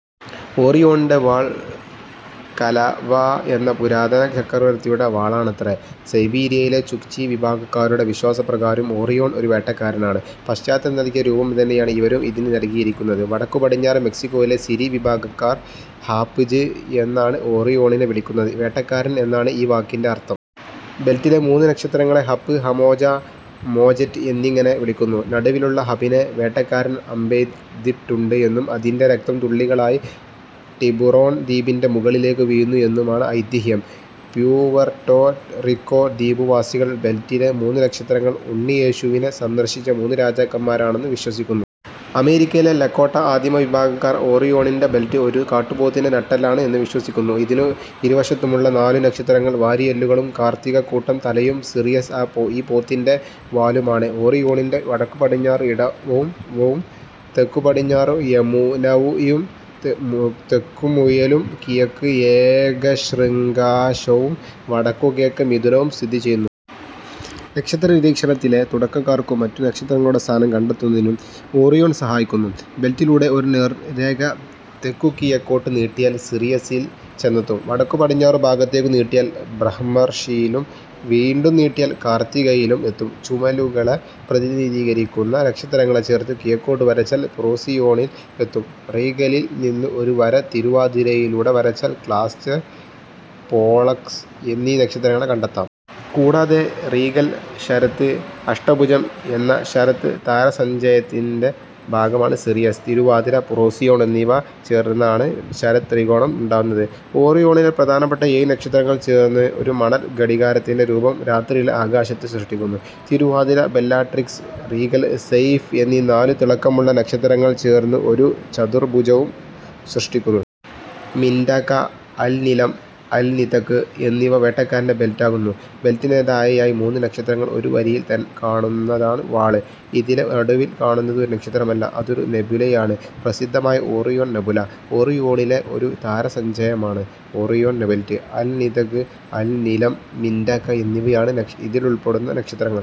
ഓറിയോണിന്റെ വാൾ കലവാ എന്ന പുരാതന ചക്രവർത്തിയുടെ വാളാണത്രെ. സൈബീരിയയിലെ ചുക്ചി വിഭാഗക്കാരുടെ വിശ്വാസപ്രകാരവും ഓറിയോൺ ഒരു വേട്ടക്കാരനാണ്. പാശ്ചാത്യർ നൽകിയ രൂപം തന്നെയാണ് ഇവരും ഇതിന് നൽകിയിരിക്കുന്നത്. വടക്കു പടിഞ്ഞാറൻ മെക്സിക്കോയിലെ സിരി വിഭാഗക്കാർ ഹാപ്ജ് എന്നാണ് ഓറിയോണിനെ വിളിക്കുന്നത്. വേട്ടക്കാരൻ എന്നാണ് ഈ വാക്കിന്റെ അർത്ഥം. ബെൽറ്റിലെ മൂന്നു നക്ഷത്രങ്ങളെ ഹപ്, ഹാമോജ, മോജെറ്റ് എന്നിങ്ങനെ വിളിക്കുന്നു. നടുവിലുള്ള ഹപിനെ വേട്ടക്കാരൻ അമ്പെയ്തിട്ടുണ്ട് എന്നും അതിന്റെ രക്തം തുള്ളികളായി ടിബുറോൺ ദ്വീപിന്റെ മുകളിലേക്കു വീഴുന്നു എന്നുമാണ് ഐതിഹ്യം. പ്യൂവെർട്ടോ റിക്കോ ദ്വീപുവാസികൾ ബെൽറ്റിലെ മൂന്നു നക്ഷത്രങ്ങൾ ഉണ്ണിയേശുവിനെ സന്ദർശിച്ച മൂന്നു രാജാക്കന്മാരാണെന്നു വിശ്വസിക്കുന്നു. അമേരിക്കയിലെ ലക്കോട്ട ആദിമ വിഭാഗക്കാർ ഓറിയോണിന്റെ ബെൽറ്റ് ഒരു കാട്ടുപോത്തിന്റെ നട്ടെല്ലാണ് എന്നു വിശ്വസിക്കുന്നു. ഇതിന് ഇരുവശത്തുമുള്ള നാലു നക്ഷത്രങ്ങൾ വാരിയെല്ലുകളും കാർത്തികക്കൂട്ടം തലയും സിറിയസ് ഈ പോത്തിന്റെ വാലും ആണ്. ഓറിയോണിന്റെ വടക്കുപടിഞ്ഞാറു ഇടവവും തെക്കുപടിഞ്ഞാറു യമുനവും യും തെക്ക് മുയലും കിഴക്ക് ഏകശൃംഗാശ്വവും വടക്കുകിഴക്ക് മിഥുനവും സ്ഥിതി ചെയ്യുന്നു. നക്ഷത്ര നിരീക്ഷണത്തിലെ തുടക്കക്കാർക്ക് മറ്റു നക്ഷത്രങ്ങളുടെ സ്ഥാനം കണ്ടെത്തുന്നതിനും ഒറിയോൺ സഹായിക്കുന്നു. ബെൽറ്റിലൂടെ ഒരു നേർരേഖ തെക്കുകിഴക്കോട്ട് നീട്ടിയാൽ സിറിയസിൽ ചെന്നെത്തും. വടക്കുപടിഞ്ഞാറു ഭാഗത്തേക്കു നീട്ടിയാൽ ബ്രഹ്മർഷിയിലും, വീണ്ടും നീട്ടിയാൽ കാർത്തികയിലും എത്തും. ചുമലുകളെ പ്രതിനിധീകരിക്കുന്ന നക്ഷത്രങ്ങളെ ചേർത്ത് കിഴക്കോട്ടു വരച്ചാൽ പ്രോസിയോണിൽ എത്തും. റീഗലിൽ നിന്ന് ഒരു വര തിരുവാതിരയിലൂടെ വരച്ചാൽ കാസ്റ്റർ, പോളക്സ് എന്നീ നക്ഷത്രങ്ങളെ കണ്ടെത്താം. കൂടാതെ റീഗൽ ശരത് അഷ്ടഭുജം എന്ന ശരത് താരസഞ്ചയത്തിന്റെ ഭാഗമാണ്. സിറിയസ്, തിരുവാതിര, പ്രോസിയോൺ എന്നിവ ചേർന്നാണ് ശരത് ത്രികോണം ഉണ്ടാവുന്നത്. ഓറിയോണിലെ പ്രധാനപ്പെട്ട ഏഴു നക്ഷത്രങ്ങൾ ചേർന്ന് ഒരു മണൽ ഘടികാരത്തിന്റെ രൂപം രാത്രിയിലെ ആകാശത്ത് സൃഷ്ടിക്കുന്നു. തിരുവാതിര, ബെല്ലാട്രിക്സ്, റീഗൽ, സെയ്ഫ് എന്നീ നാലു തിളക്കമുള്ള നക്ഷത്രങ്ങൾ ചേർന്ന് ഒരു ചതുർഭുജവും സൃഷ്ടിക്കുന്നു. മിന്റാക്ക, അൽനിലം, അൽനിതക് എന്നിവ വേട്ടക്കാരന്റെ ബെൽറ്റ് ആകുന്നു. ബെൽറ്റിന്റെ താഴെയായി മൂന്നു നക്ഷത്രങ്ങൾ ഒരു വരിയിൽ കാണുന്നതാണ് വാൾ. ഇതിലെ നടുവിൽ കാണുന്നത് ഒരു നക്ഷത്രമല്ല. അതൊരു നെബുലയാണ്. പ്രസിദ്ധമായ ഓറിയൺ നെബുല. ഓറിയോണിലെ ഒരു താരസഞ്ചയമാണ് Orion belt. Alnitak, Alnilam, Mintaka എന്നിവയാണ് ഇതിലുൾപ്പെടുന്ന നക്ഷത്രങ്ങൾ.